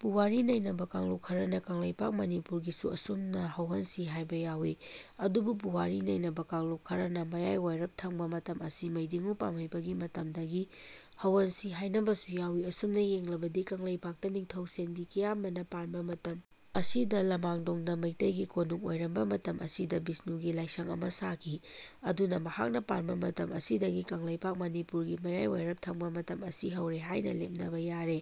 ꯄꯨꯋꯥꯔꯤ ꯅꯩꯅꯕ ꯀꯥꯡꯂꯨꯞ ꯈꯔꯅ ꯀꯪꯂꯩꯄꯥꯛ ꯃꯅꯤꯄꯨꯔꯒꯤꯁꯨ ꯑꯁꯨꯝꯅ ꯍꯧꯍꯟꯁꯤ ꯍꯥꯢꯕ ꯌꯥꯎꯏ꯫ ꯑꯗꯨꯕꯨ ꯄꯨꯋꯥꯔꯤ ꯅꯩꯅꯕ ꯀꯥꯡꯂꯨꯞ ꯈꯔꯅ ꯃꯌꯥꯢꯋꯥꯢꯔꯞ ꯊꯪꯕ ꯃꯇꯝ ꯑꯁꯤ ꯃꯩꯗꯤꯡꯉꯨ ꯄꯥꯝꯍꯩꯕꯒꯤ ꯃꯇꯝꯗꯒꯤ ꯍꯧꯍꯟꯁꯤ ꯍꯥꯢꯅꯕꯁꯨ ꯌꯥꯎꯏ꯫ ꯑꯁꯨꯝꯅ ꯌꯦꯡꯂꯕꯗꯤ ꯀꯪꯂꯩꯄꯥꯛꯇ ꯅꯤꯡꯊꯧ ꯁꯦꯟꯕꯤ ꯀꯤꯌꯥꯝꯕꯅ ꯄꯥꯟꯕ ꯃꯇꯝ ꯑꯁꯤꯗ ꯂꯃꯥꯡꯗꯣꯡ ꯗ ꯃꯩꯇꯩ ꯒꯤ ꯀꯣꯅꯨꯡ ꯑꯣꯢꯔꯝꯕ ꯃꯇꯝ ꯑꯁꯤꯗ ꯚꯤꯁꯅꯨꯒꯤ ꯂꯥꯢꯁꯪ ꯑꯃ ꯁꯥꯈꯤ꯫ ꯑꯗꯨꯅ ꯃꯍꯥꯛꯅ ꯄꯥꯟꯕ ꯃꯇꯝ ꯑꯁꯤ ꯗꯒꯤ ꯀꯪꯂꯩꯄꯥꯛ ꯃꯅꯤꯄꯨꯔꯒꯤ ꯃꯌꯥꯢꯋꯥꯢꯔꯞ ꯊꯪꯕ ꯃꯇꯝ ꯑꯁꯤ ꯍꯧꯔꯦ ꯍꯥꯢꯅ ꯂꯦꯞꯅꯕ ꯌꯥꯔꯦ꯫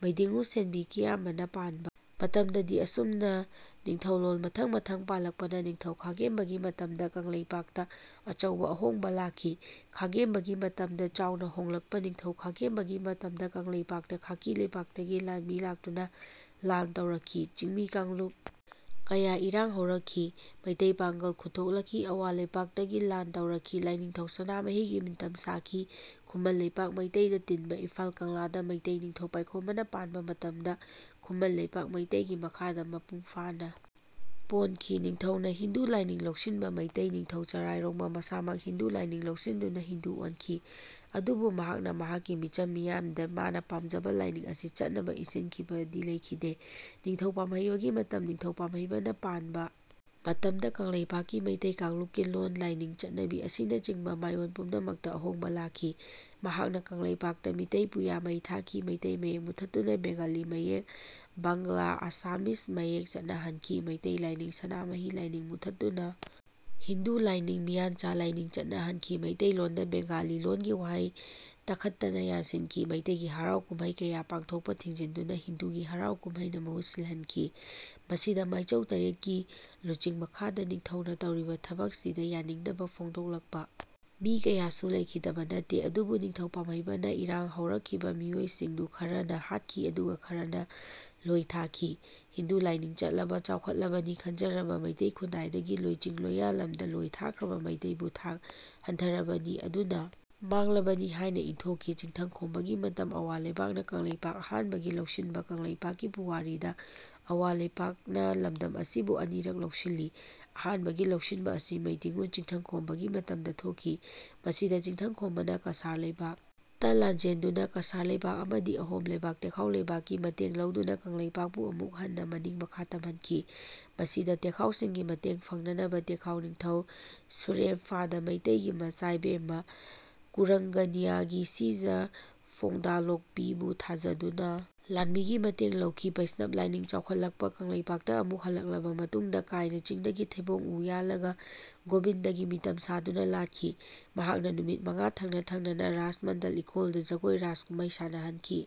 ꯃꯩꯗꯤꯡꯉꯨ ꯁꯦꯟꯕꯤ ꯀꯤꯌꯥꯝꯕꯅ ꯄꯥꯟꯕ ꯃꯇꯝꯗꯒꯤ ꯑꯁꯨꯝ ꯅꯤꯡꯊꯧꯂꯣꯜ ꯃꯊꯪ ꯃꯊꯪ ꯄꯥꯜꯂꯛꯄꯅ ꯅꯤꯡꯊꯧ ꯈꯥꯒꯦꯝꯕꯒꯤ ꯃꯇꯝꯗ ꯀꯪꯂꯩꯄꯥꯛ ꯇ ꯑꯆꯧꯕ ꯑꯍꯣꯡꯕ ꯂꯥꯛꯈꯤ꯫ ꯈꯥꯒꯦꯝꯕ ꯒꯤ ꯃꯇꯝꯗ ꯆꯥꯎꯅ ꯍꯣꯡꯂꯛꯄ ꯅꯤꯡꯊꯧ ꯈꯥꯒꯦꯝꯕꯒꯤ ꯃꯇꯝꯗ ꯀꯪꯂꯩꯄꯥꯛ ꯇ ꯈꯥꯀꯤ ꯂꯩꯄꯥꯛ ꯇꯒꯤ ꯂꯥꯟꯃꯤ ꯂꯥꯛꯇꯨꯅ ꯂꯥꯜ ꯇꯧꯔꯛꯈꯤ꯫ ꯆꯤꯡꯃꯤ ꯀꯥꯡꯂꯨꯞ ꯀꯌꯥ ꯏꯔꯥꯡ ꯍꯧꯔꯛꯈꯤ꯫ ꯃꯤꯇꯩ ꯄꯥꯡꯒꯜ ꯈꯨꯟꯊꯣꯛꯂꯛꯈꯤ꯫ ꯑꯋꯥ ꯂꯩꯄꯥꯛ ꯇꯒꯤ ꯂꯥꯟ ꯇꯧꯔꯛꯈꯤ꯫ ꯂꯥꯢꯅꯤꯡꯊꯧ ꯁꯅꯥꯃꯍꯤꯒꯤ ꯃꯤꯇꯝ ꯁꯥꯈꯤ꯫ ꯈꯨꯃꯟ ꯂꯩꯄꯥꯛ ꯃꯩꯇꯩ ꯗ ꯇꯤꯟꯕ ꯏꯝꯐꯥꯜ ꯀꯪꯂꯥꯗ ꯃꯩꯇꯩ ꯅꯤꯡꯊꯧ ꯄꯥꯢꯈꯣꯝꯕꯅ ꯄꯥꯟꯕ ꯃꯇꯝꯗ ꯈꯨꯃꯟ ꯂꯩꯄꯥꯛ ꯃꯩꯇꯩꯒꯤ ꯃꯈꯥꯗ ꯃꯄꯨꯡ ꯐꯥꯅ ꯄꯣꯟꯈꯤ꯫ ꯅꯤꯡꯊꯧ ꯅ ꯍꯤꯟꯗꯨ ꯂꯥꯢꯅꯤꯡ ꯂꯧꯁꯤꯟꯕ ꯃꯩꯇꯩ ꯅꯤꯡꯊꯧ ꯆꯔꯥꯢꯔꯣꯡꯕ ꯃꯁꯥꯃꯛ ꯍꯤꯟꯗꯨ ꯂꯥꯢꯅꯤꯡ ꯂꯧꯁꯤꯟꯗꯨꯅ ꯍꯤꯟꯗꯨ ꯑꯣꯟꯈꯤ꯫ ꯑꯗꯨꯕꯨ ꯃꯍꯥꯛꯅ ꯃꯍꯥꯛꯀꯤ ꯃꯤꯆꯝ ꯃꯤꯌꯥꯝꯗ ꯃꯥꯅ ꯄꯥꯝꯖꯕ ꯂꯥꯢꯅꯤꯡ ꯑꯁꯤ ꯆꯠꯅꯕ ꯏꯟꯁꯤꯟꯈꯤꯕꯗꯤ ꯂꯩꯈꯤꯗꯦ꯫ ꯅꯤꯡꯊꯧ ꯄꯥꯝꯍꯩꯕꯒꯤ ꯃꯇꯝ ꯅꯤꯡꯊꯧ ꯄꯥꯝꯍꯩꯕꯅ ꯄꯥꯟꯕ ꯃꯇꯝꯗ ꯀꯪꯂꯩꯄꯥꯛ ꯀꯤ ꯃꯤꯇꯩ ꯀꯥꯡꯂꯨꯞꯀꯤ ꯂꯣꯟ, ꯂꯥꯢꯅꯤꯡ, ꯆꯠꯅꯕꯤ ꯑꯁꯤꯅꯆꯤꯡꯕ ꯃꯥꯢꯑꯣꯟ ꯄꯨꯝꯅꯃꯛꯇ ꯑꯍꯣꯡꯕ ꯂꯥꯛꯈꯤ꯫ ꯃꯍꯥꯛꯅ ꯀꯪꯂꯩꯄꯥꯛ ꯇ ꯃꯤꯇꯩ ꯄꯨꯌꯥ ꯃꯩ ꯊꯥꯈꯤ꯫ ꯃꯤꯇꯩ ꯃꯌꯦꯛ ꯃꯨꯊꯠꯇꯨꯅ ꯕꯦꯡꯒꯂꯤ ꯃꯌꯦꯛ (ꯕꯥꯡꯂꯥ-ꯑꯁꯃꯤꯌꯥ ꯃꯌꯦꯛ) ꯆꯠꯅꯍꯟꯈꯤ꯫ ꯃꯤꯇꯩ ꯂꯥꯢꯅꯤꯡ (ꯁꯅꯥꯃꯍꯤ ꯂꯥꯏꯅꯤꯡ) ꯃꯨꯊꯠꯇꯨꯅ ꯍꯤꯟꯗꯨ ꯂꯥꯢꯅꯤꯡ (ꯃꯤꯌꯥꯟꯆꯥ ꯂꯥꯢꯅꯤꯡ) ꯆꯠꯅꯍꯟꯈꯤ꯫ ꯃꯤꯇꯩ ꯂꯣꯟꯗ ꯕꯦꯡꯒꯂꯤ ꯂꯣꯟꯒꯤ ꯋꯥꯍꯩ ꯇꯈꯠꯇꯅ ꯌꯥꯟꯁꯤꯟꯈꯤ꯫ ꯃꯤꯇꯩꯒꯤ ꯍꯔꯥꯎ ꯀꯨꯝꯃꯩ ꯀꯌꯥ ꯄꯥꯡꯊꯣꯛꯄ ꯊꯤꯡꯖꯤꯟꯗꯨꯅ ꯍꯤꯟꯗꯨꯒꯤ ꯍꯔꯥꯎ ꯀꯨꯝꯃꯩꯅ ꯃꯍꯨꯠ ꯁꯤꯜꯍꯟꯈꯤ꯫ ꯃꯁꯤꯗ ꯃꯥꯢꯆꯧ ꯇꯔꯦꯠꯀꯤ ꯂꯨꯆꯤꯡ ꯃꯈꯥꯗ ꯅꯤꯡꯊꯧꯅ ꯇꯧꯔꯤꯕ ꯊꯕꯛꯁꯤꯗ ꯌꯥꯅꯤꯡꯗꯕ ꯐꯣꯡꯗꯣꯛꯂꯛꯄ ꯃꯤ ꯀꯌꯥꯁꯨ ꯂꯩꯈꯤꯗꯕ ꯅꯠꯇꯦ꯫ ꯑꯗꯨꯕꯨ ꯅꯤꯡꯊꯧ ꯄꯥꯝꯍꯩꯕꯅ ꯏꯔꯥꯡ ꯍꯧꯔꯛꯈꯤꯕ ꯃꯤꯑꯣꯢꯁꯤꯡꯗꯨ ꯈꯔꯅ ꯍꯥꯠꯈꯤ ꯑꯗꯨꯒ ꯈꯔꯅ ꯂꯣꯢ ꯊꯥꯈꯤ꯫ ꯍꯤꯟꯗꯨ ꯂꯥꯢꯅꯤꯡ ꯆꯠꯂꯕ (ꯆꯥꯎꯈꯠꯂꯕꯅꯤ ꯈꯟꯖꯔꯕ) ꯃꯩꯇꯩ ꯈꯨꯟꯅꯥꯢ ꯗꯒꯤ ꯂꯣꯢꯆꯤꯡ ꯂꯣꯌꯥ ꯂꯝꯗ ꯂꯣꯢ ꯊꯥꯈ꯭ꯔꯕ ꯃꯤꯇꯩꯕꯨ ꯊꯥꯛ ꯍꯟꯊꯔꯕꯅꯤ ꯑꯗꯨꯅ ꯃꯥꯡꯂꯕꯅꯤ ꯍꯥꯢꯅ ꯏꯟꯊꯣꯛꯈꯤ꯫ ꯆꯤꯡꯊꯪ ꯈꯣꯝꯕꯒꯤ ꯃꯇꯝ ꯑꯋꯥ ꯂꯩꯄꯥꯛꯅ ꯀꯪꯂꯩꯄꯥꯛ ꯑꯍꯥꯟꯕꯒꯤ ꯂꯧꯁꯤꯟꯕ ꯀꯪꯂꯩꯄꯥꯛꯀꯤ ꯄꯨꯋꯥꯔꯤꯗ ꯑꯋꯥ ꯂꯩꯄꯥꯛ ꯅ ꯂꯝꯗꯝ ꯑꯁꯤꯕꯨ ꯑꯅꯤꯔꯛ ꯂꯧꯁꯤꯜꯂꯤ꯫ ꯑꯍꯥꯟꯕꯒꯤ ꯂꯧꯁꯤꯟꯕ ꯑꯁꯤ ꯃꯩꯇꯤꯡꯉꯨ ꯆꯤꯡꯊꯪ ꯈꯣꯝꯕꯒꯤ ꯃꯇꯝꯗ ꯊꯣꯛꯈꯤ꯫ ꯃꯁꯤꯗ ꯆꯤꯡꯊꯪ ꯈꯣꯝꯕꯅ ꯀꯁꯥꯔ ꯂꯩꯄꯥꯛ ꯇ ꯂꯥꯟꯆꯦꯟꯗꯨꯅ ꯀꯁꯥꯔ ꯂꯩꯄꯥꯛ ꯑꯃꯗꯤ ꯑꯍꯣꯝ ꯂꯩꯄꯥꯛ (ꯇꯦꯈꯥꯎ ꯂꯩꯄꯥꯛ) ꯀꯤ ꯃꯇꯦꯡ ꯂꯧꯗꯨꯅ ꯀꯪꯂꯩꯄꯥꯛꯄꯨ ꯑꯃꯨꯛ ꯍꯟꯅ ꯃꯅꯤꯡ ꯃꯈꯥ ꯇꯝꯍꯟꯈꯤ꯫ ꯃꯁꯤꯗ ꯇꯦꯈꯥꯎ ꯁꯤꯡꯒꯤ ꯃꯇꯦꯡ ꯐꯪꯅꯅꯕ ꯇꯦꯈꯥꯎ ꯅꯤꯡꯊꯧ ꯁꯨꯔꯦꯝꯐꯥꯗ ꯃꯤꯇꯩꯒꯤ ꯃꯆꯥꯏꯕꯦꯝꯃ ꯀꯨꯔꯪꯒꯅꯌꯅꯤ (ꯁꯤꯖ ꯐꯣꯡꯗꯥꯂꯣꯛꯄꯤ) ꯕꯨ ꯊꯥꯖꯗꯨꯅ ꯂꯥꯟꯃꯤꯒꯤ ꯃꯇꯦꯡ ꯂꯧꯈꯤ꯫ ꯚꯩꯁꯅꯕ ꯂꯥꯢꯅꯤꯡ ꯆꯥꯎꯈꯠꯂꯛꯄ ꯀꯪꯂꯩꯄꯥꯛꯇ ꯑꯃꯨꯛ ꯍꯜꯂꯛꯂꯕ ꯃꯇꯨꯡꯗ ꯀꯥꯢꯅ ꯆꯤꯡꯗꯒꯤ ꯊꯩꯕꯣꯡ ꯎ ꯌꯥꯜꯂꯒ ꯒꯣꯕꯤꯟꯗꯒꯤ ꯃꯤꯇꯝ ꯁꯥꯗꯨꯅ ꯂꯥꯠꯈꯤ꯫ ꯃꯍꯥꯛꯅ ꯅꯨꯃꯤꯠ ꯃꯉꯥ ꯊꯪꯅ ꯊꯪꯅꯅ ꯔꯥꯁ ꯃꯟꯗꯜ ꯏꯀꯣꯟꯗ ꯖꯒꯣꯢ ꯔꯥꯁ ꯀꯨꯝꯃꯩ ꯁꯥꯅꯍꯟꯈꯤ꯫